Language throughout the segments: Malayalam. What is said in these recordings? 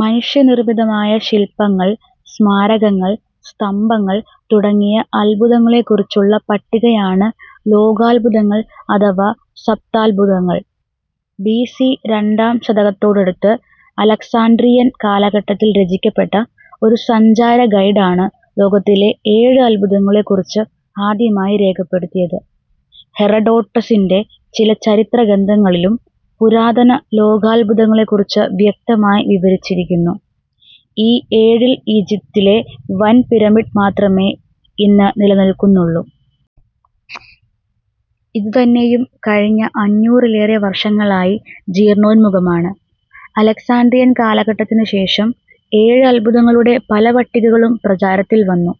മനുഷ്യനിർമ്മിതമായ ശില്പങ്ങൾ സ്മാരകങ്ങൾ സ്തംഭങ്ങൾ തുടങ്ങിയ അത്ഭുതങ്ങളെക്കുറിച്ചുള്ള പട്ടികയാണ് ലോകാത്ഭുതങ്ങൾ അഥവാ സപ്താത്ഭുതങ്ങൾ. ബി സി രണ്ടാം ശതകത്തോടടുത്ത് അലക്സാൻഡ്രിയൻ കാലഘട്ടത്തിൽ രചിക്കപ്പെട്ട ഒരു സഞ്ചാരഗൈഡാണ് ലോകത്തിലെ ഏഴ് അത്ഭുതങ്ങളെക്കുറിച്ച് ആദ്യമായി രേഖപ്പെടുത്തിയത്. ഹെറഡോട്ടസിന്റെ ചില ചരിത്രഗ്രന്ഥങ്ങളിലും പുരാതന ലോകാത്ഭുതങ്ങളെക്കുറിച്ച് വ്യക്തമായി വിവരിച്ചിരിക്കുന്നു.ഈ ഏഴിൽ ഈജിപ്തിലെ വൻ പിരമിഡ് മാത്രമേ ഇന്നു നിലനിൽക്കുന്നുള്ളൂ. ഇതുതന്നെയും കഴിഞ്ഞ അഞ്ഞൂറിലേറെ വർഷങ്ങളായി ജീർണോന്മുഖമാണ്. അലക്സാൻഡ്രിയൻ കാലഘട്ടത്തിനുശേഷം ഏഴ് അത്ഭുതങ്ങളുടെ പല പട്ടികകളും പ്രചാരത്തിൽ വന്നു.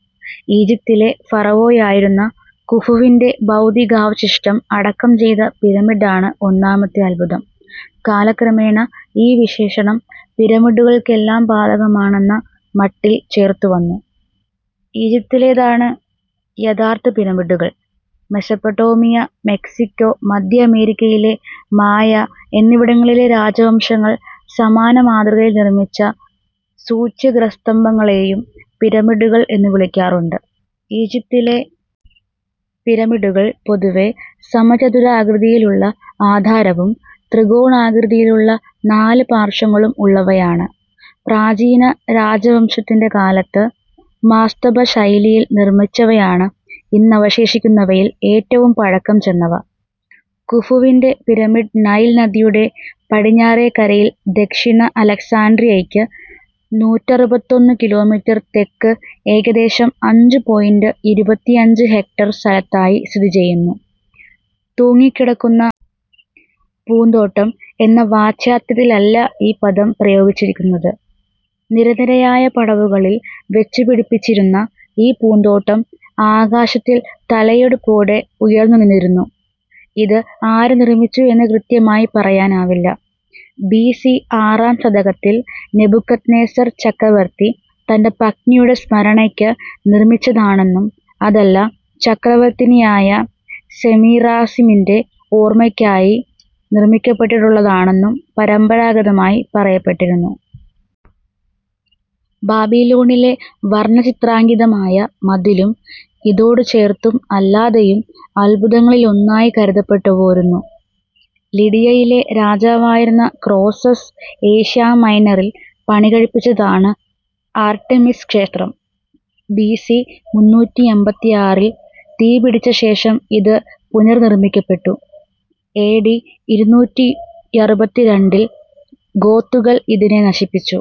ഈജിപ്തിലെ ഫറവോയായിരുന്ന കുഫുവിന്റെ ഭൗതികാവശിഷ്ടം അടക്കം ചെയ്ത പിരമിഡാണ് ഒന്നാമത്തെ അത്ഭുതം. കാലക്രമേണ ഈ വിശേഷണം പിരമിഡുകൾക്കെല്ലാം ബാധകമാണെന്ന മട്ടിൽ ചേർത്തുവന്നു. ഈജിപ്തിലേതാണ് യഥാർഥ പിരമിഡുകൾ. മെസപ്പൊട്ടേമിയ മെക്സിക്കോ മധ്യ അമേരിക്കയിലെ മായ എന്നിവിടങ്ങളിലെ രാജവംശങ്ങൾ സമാന മാതൃകയിൽ നിർമിച്ച സൂച്യഗ്രസ്തംഭങ്ങളെയും പിരമിഡുകൾ എന്നു വിളിക്കാറുണ്ട്. ഈജിപ്തിലെ പിരമിഡുകൾ പൊതുവേ സമചതുരാകൃതിയിലുള്ള ആധാരവും ത്രികോണാകൃതിയിലുള്ള നാല് പാർശ്വങ്ങളും ഉള്ളവയാണ്. പ്രാചീന രാജവംശത്തിന്റെ കാലത്ത് മാസ്തബശൈലിയിൽ നിർമിച്ചവയാണ് ഇന്നവശേഷിക്കുന്നവയിൽ ഏറ്റവും പഴക്കംചെന്നവ. കുഫുവിന്റെ പിരമിഡ് നൈൽ നദിയുടെ പടിഞ്ഞാറേക്കരയിൽ ദക്ഷിണ അലക്സാൻഡ്രിയയ്ക്ക് നൂറ്ററുപത്തൊന്ന് കിലോമീറ്റർ തെക്ക് ഏകദേശം അഞ്ച് പോയിന്റ് ഇരുപത്തിയഞ്ച് ഹെക്ടർ സ്ഥലത്തായി സ്ഥിതി ചെയ്യുന്നു. തൂങ്ങിക്കിടക്കുന്ന പൂന്തോട്ടം എന്ന വാച്യാർഥത്തിലല്ല ഈ പദം പ്രയോഗിച്ചിരിക്കുന്നത്. നിരനിരയായ പടവുകളിൽ വച്ചുപിടിപ്പിച്ചിരുന്ന ഈ പൂന്തോട്ടം ആകാശത്തിൽ തലയെടുപ്പോടെ ഉയർന്നുനിന്നിരുന്നു. ഇത് ആര് നിർമിച്ചു എന്ന് കൃത്യമായി പറയാനാവില്ല. ബി സി ആറാം ശതകത്തിൽ നെബൂഖദ്നേസർ ചക്രവർത്തി തന്റെ പത്നിയുടെ സ്മരണയ്ക്ക് നിർമിച്ചതാണെന്നും അതല്ല ചക്രവർത്തിനിയായ സെമീറാസിമിന്റെ ഓർമയ്ക്കായി നിർമിക്കപ്പെട്ടിട്ടുള്ളതാണെന്നും പരമ്പരാഗതമായി പറയപ്പെട്ടിരുന്നു. ബാബിലോണിലെ വർണചിത്രാങ്കിതമായ മതിലും ഇതോടുചേർത്തും അല്ലാതെയും അത്ഭുതങ്ങളിലൊന്നായി കരുതപ്പെട്ടുപോരുന്നു. ലിഡിയയിലെ രാജാവായിരുന്ന ക്രോസസ് ഏഷ്യാമൈനറിൽ പണികഴിപ്പിച്ചതാണ് ആർട്ടെമിസ് ക്ഷേത്രം. ബി സി മുന്നൂറ്റിയമ്പത്താറിൽ തീപിടിച്ചശേഷം ഇത് പുനർനിർമിക്കപ്പെട്ടു. എ ഡി ഇരുനൂറ്റിയറുപത്തിരണ്ടിൽ ഗോത്തുകൾ ഇതിനെ നശിപ്പിച്ചു.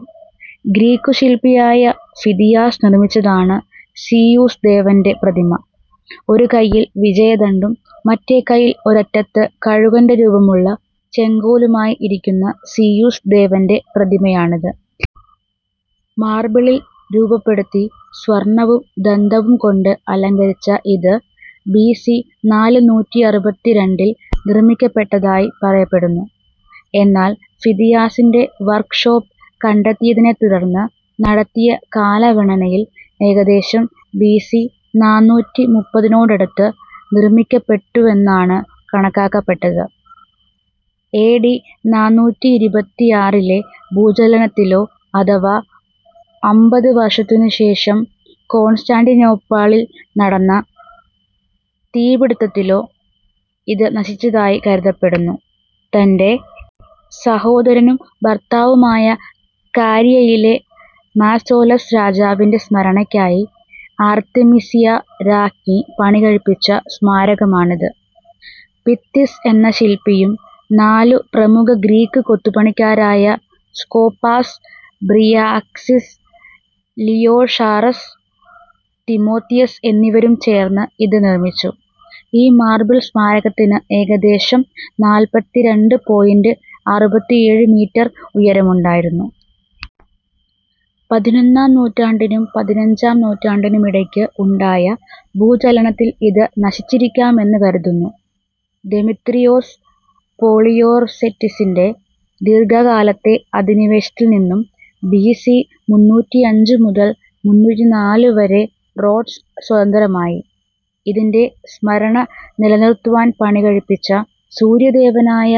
ഗ്രീക്കു ശില്പിയായ ഫിദിയാസ് നിർമിച്ചതാണ് സീയൂസ് ദേവന്റെ പ്രതിമ. ഒരു കൈയിൽ വിജയദണ്ഡും മറ്റേ കൈയിൽ ഒരറ്റത്ത് കഴുകന്റെ രൂപമുള്ള ചെങ്കോലുമായി ഇരിക്കുന്ന സീയൂസ് ദേവന്റെ പ്രതിമയാണിത്. മാർബിളിൽ രൂപപ്പെടുത്തി സ്വർണവും ദന്തവും കൊണ്ട് അലങ്കരിച്ച ഇത് ബി സി നാലുനൂറ്റിയറുപത്തിരണ്ടിൽ നിർമിക്കപ്പെട്ടതായി പറയപ്പെടുന്നു. എന്നാൽ ഫിദിയാസിന്റെ വർക്ക്‌ഷോപ്പ് കണ്ടെത്തിയതിനെത്തുടർന്ന് നടത്തിയ കാലഗണനയിൽ ഏകദേശം ബി സി നാനൂറ്റിമുപ്പതിനോടടുത്ത് നിർമിക്കപ്പെട്ടുവെന്നാണ് കണക്കാക്കപ്പെട്ടത്. എ ഡി നാനൂറ്റിയിരുപത്തിയാറിലെ ഭൂചലനത്തിലോ അഥവാ അമ്പത് വർഷത്തിനുശേഷം കോൺസ്റ്റാന്റിനോപ്പിളിൽ നടന്ന തീപ്പിടിത്തത്തിലോ ഇത് നശിച്ചതായി കരുതപ്പെടുന്നു. തന്റെ സഹോദരനും ഭർത്താവുമായ കാരിയയിലെ മാസോലസ് രാജാവിന്റെ സ്മരണയ്ക്കായി ആർതെമിസിയാ രാജ്ഞി പണികഴിപ്പിച്ച സ്മാരകമാണിത്. പിത്തിസ് എന്ന ശില്പിയും നാലു പ്രമുഖ ഗ്രീക്ക് കൊത്തുപണിക്കാരായ സ്കോപാസ് ബ്രിയാക്സിസ് ലിയോഷാറസ് തിമോതിയസ് എന്നിവരും ചേർന്ന് ഇത് നിർമിച്ചു. ഈ മാർബിൾ സ്മാരകത്തിന് ഏകദേശം നാല്പത്തിരണ്ട് പോയിന്റ് അറുപത്തിയേഴ് മീറ്റർ ഉയരമുണ്ടായിരുന്നു. പതിനൊന്നാം നൂറ്റാണ്ടിനും പതിനഞ്ചാം നൂറ്റാണ്ടിനും ഇടയ്ക്ക് ഉണ്ടായ ഭൂചലനത്തിൽ ഇത് നശിച്ചിരിക്കാമെന്ന് കരുതുന്നു. ദെമിത്രിയോസ് പോളിയോർസെറ്റിസിന്റെ ദീർഘകാലത്തെ അധിനിവേശത്തിൽനിന്നും ബി സി മുന്നൂറ്റിയഞ്ച് മുതൽ മുന്നൂറ്റിനാല് വരെ റോഡ്സ് സ്വതന്ത്രമായി. ഇതിന്റെ സ്മരണ നിലനിർത്തുവാൻ പണികഴിപ്പിച്ച സൂര്യദേവനായ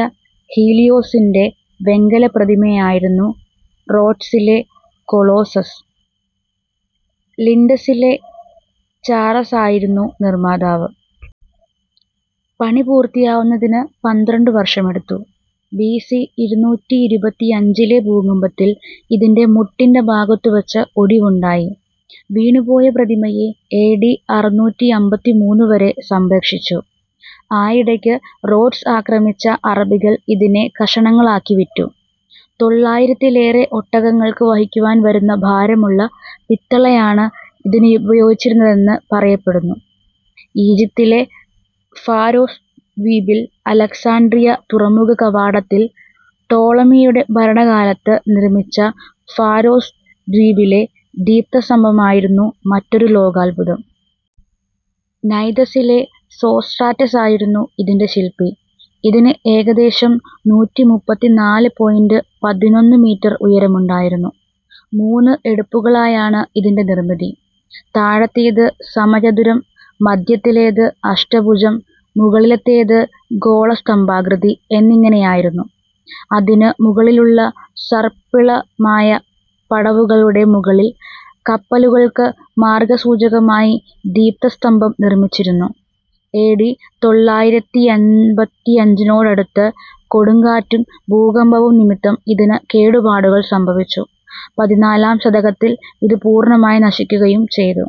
ഹീലിയോസിന്റെ വെങ്കലപ്രതിമയായിരുന്നു റോഡ്സിലെ കൊളോസസ്. ലിൻഡസിലെ ചാറസായിരുന്നു നിർമാതാവ്. പണിപൂർത്തിയാവുന്നതിന് പന്ത്രണ്ടു വർഷമെടുത്തു.ബി സി ഇരുനൂറ്റിയിരുപത്തിയഞ്ചിലെ ഭൂകമ്പത്തിൽ ഇതിന്റെ മുട്ടിന്റെ ഭാഗത്തുവച്ച് ഒടിവുണ്ടായി. വീണുപോയ പ്രതിമയെ എ ഡി അറുനൂറ്റിയമ്പത്തിമൂന്ന് വരെ സംരക്ഷിച്ചു. ആയിടയ്ക്ക് റോഡ്സ് ആക്രമിച്ച അറബികൾ ഇതിനെ കഷണങ്ങളാക്കി വിറ്റു. തൊള്ളായിരത്തിലേറെ ഒട്ടകങ്ങൾക്ക് വഹിക്കുവാൻ വരുന്ന ഭാരമുള്ള പിത്തളയാണ് ഇതിനുപയോഗിച്ചിരുന്നതെന്ന് പറയപ്പെടുന്നു. ഈജിപ്തിലെ ഫാരോസ് ദ്വീപിൽ അലക്സാണ്ട്രിയ തുറമുഖ കവാടത്തിൽ ടോളമിയുടെ ഭരണകാലത്ത് നിർമിച്ച ഫാരോസ് ദ്വീപിലെ ദീപസ്തംഭമായിരുന്നു മറ്റൊരു ലോകാത്ഭുതം. നൈദസ്സിലെ സോസ്റ്റ്രാറ്റസായിരുന്നു ഇതിന്റെ ശില്പി. ഇതിന് ഏകദേശം നൂറ്റിമുപ്പത്തിനാല് പോയിന്റ് പതിനൊന്ന് മീറ്റർ ഉയരമുണ്ടായിരുന്നു. മൂന്ന് എടുപ്പുകളായാണ് ഇതിന്റെ നിർമിതി. താഴത്തേത് സമചതുരം മധ്യത്തിലേത് അഷ്ടഭുജം മുകളിലത്തേത് ഗോളസ്തംഭാകൃതി എന്നിങ്ങനെയായിരുന്നു. അതിനു മുകളിലുള്ള സർപ്പിളമായ പടവുകളുടെ മുകളിൽ കപ്പലുകൾക്ക് മാർഗസൂചകമായി ദീപസ്തംഭം നിർമിച്ചിരുന്നു. എ ഡി തൊള്ളായിരത്തിയമ്പത്തിയഞ്ചിനോടടുത്ത് കൊടുങ്കാറ്റും ഭൂകമ്പവും നിമിത്തം ഇതിന് കേടുപാടുകൾ സംഭവിച്ചു. പതിനാലാം ശതകത്തിൽ ഇത് പൂർണമായി നശിക്കുകയും ചെയ്തു.